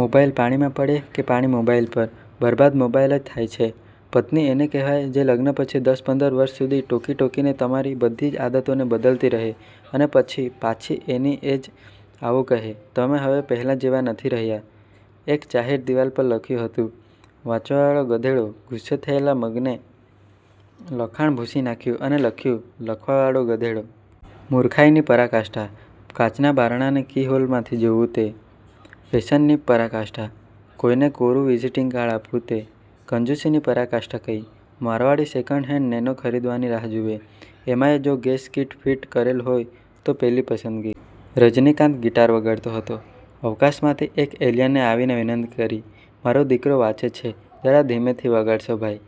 Mobile પાણી માં પડે કે પાણી મોબાઈલ, પર બરબાદ મોબાઈલ જ થાય છે. પત્ની એને કહેવાય જે લગ્ન પછી દસ-પંદર વર્ષ સુધી ટોકી ટોકીને તમારી બધી જ આદતોને બદલતી રહે અને પછી પાછી એની એ જ આવું કહે: 'તમે હવે પહેલા જેવા નથી રહ્યા' એક જાહેર દીવાલ પર લખ્યું હતું: વાંચવાવાળો ગધેડો, ગુસ્સે થયેલા મગને લખાણ ભૂંસી નાખ્યું અને લખ્યું 'લખવાવાળો ગધેડો. મુર્ખાઈની પરાકાષ્ઠા: કાચના બારણાના કી-હોલમાંથી જોવું તે. ફેશનની પરાકાષ્ઠા: કોઈને કોરું વિઝીટીંગ કાર્ડ આપવું તે, કંજુસીની પરાકાષ્ઠા કઈ? મારવાડી સેકન્ડ હેન્ડ નેનો ખરીદવાની રાહ જુવે. એમાંય જો ગેસ કીટ ફીટ કરેલ હોય તો પેલી પસંદગી. રજનીકાંત ગિટાર વગાડતો હતો. અવકાશમાંથી એક એલિયને આવીને વિનંતી કરી: મારો દીકરો વાંચે છે, જરા ધીમેથી વગાડશો ભાઈ!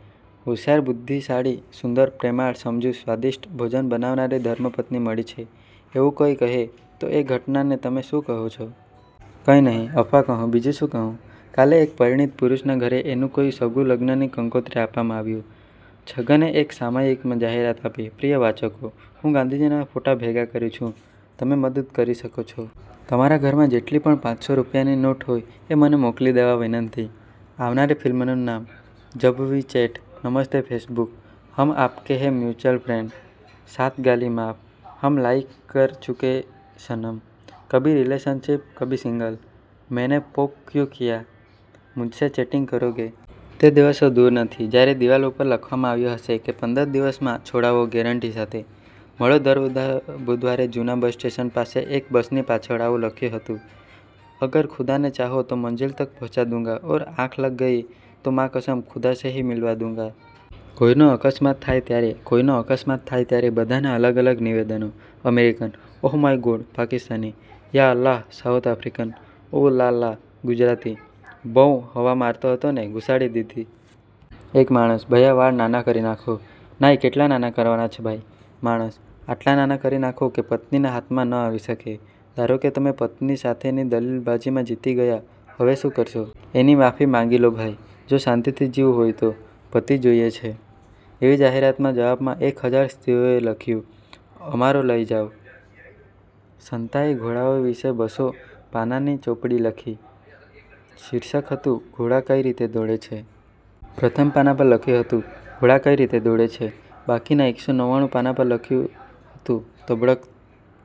હોશિયાર, બુધ્ધિશાળી, સુંદર, પ્રેમાળ, સમજુ, સ્વાદિષ્ટ ભોજન બનાવનારી ધર્મપત્ની મળી છે એવું કોઈ કહે તો એ ઘટનાને તમે શું કહો? કંઈ નહીં, અફવા કહું, બીજું શું કહું? કાલે એક પરિણીત પુરુષના ઘરે એનું કોઈ સગું લગ્નની કંકોત્રી આપવા આવ્યું. છગને એક સામાયિકમાં જાહેરાત આપી: 'પ્રિય વાચકો, હું ગાંધીજીના ફોટા ભેગા કરું છું. તમે મદદ કરી શકો છો. તમારા ઘરમાં જેટલી પણ પાંચસો રૂપિયાની નોટ હોય એ મને મોકલી દેવા વિનંતી' આવનારી ફિલ્મોના નામ:- જબ વી ચેટ, નમસ્તે ફેસબુક, હમ આપકે હે મ્યુચ્યુઅલ ફ્રેન્ડ, સાત ગાલી માફ, હમ લાઇક કર ચુકે સનમ, કભી રિલેશનશિપ કભી સિંગલ, મેને પોક ક્યું કિયા, મુજસે ચેટિંગ કરોગે….. તે દિવસો દુર નથી જયારે દીવાલો ઉપર લખવામાં આવ્યું હશે કે પંદર દિવસમાં, છોડાવો ગેરંટી સાથે. મળો દર બુધવારે જુના બસ સ્ટેન્ડ પાસે એક બસની પાછળ આવું લખ્યું હતું: અગર ખુદાને ચાહા તો મંઝિલ તક પહૂંચા દુંગા ઔર અગર આંખ લગ ગઈ તો મા કસમ, ખુદા સે હી મિલવા દુંગા. કોઈ નો અકસ્માત થાય ત્યારે, કોઈ નો અકસ્માત થાય ત્યારે બધા ના અલગ અલગ નિવેદનો, American: oh my God! Pakistani: યા અલ્લાહ! સાઉથ આફ્રીકન: ઓ, લા લા! ગુજરાતી: બઉં હવા મારતો હતો ને, ઘુસાડી દીધી. એક માણસ- ભૈયા વાળ નાના કરી નાખો. નાઈ- કેટલા નાના કરવાના છે ભાઈ!! માણસ- આટલા નાના કરી નાખો કે પત્નીના હાથમાં ન આવી શકે!! ધારો કે તમે પત્ની સાથેની દલીલબાજીમાં જીતી ગયા. હવે શું કરશો? એની માફી માગી લો ભાઈ, જો શાંતિથી જીવવું હોય તો. પતિ જોઈએ છે' એવી જાહેરાતના જવાબમાં એક હજાર સ્ત્રીઓએ લખ્યું: અમારો લઈ જાઓ. સંતા એ ઘોડાઓ વિશે બસો પાનાની ચોપડી લખી. શીર્ષક હતું: ઘોડા કઈ રીતે દોડે છે? પ્રથમ પાના પર લખ્યું હતું: ઘોડા કઈ રીતે દોડે છે? બાકીના એકસો નવ્વાણું પાના પર લખ્યું હતું: તબડક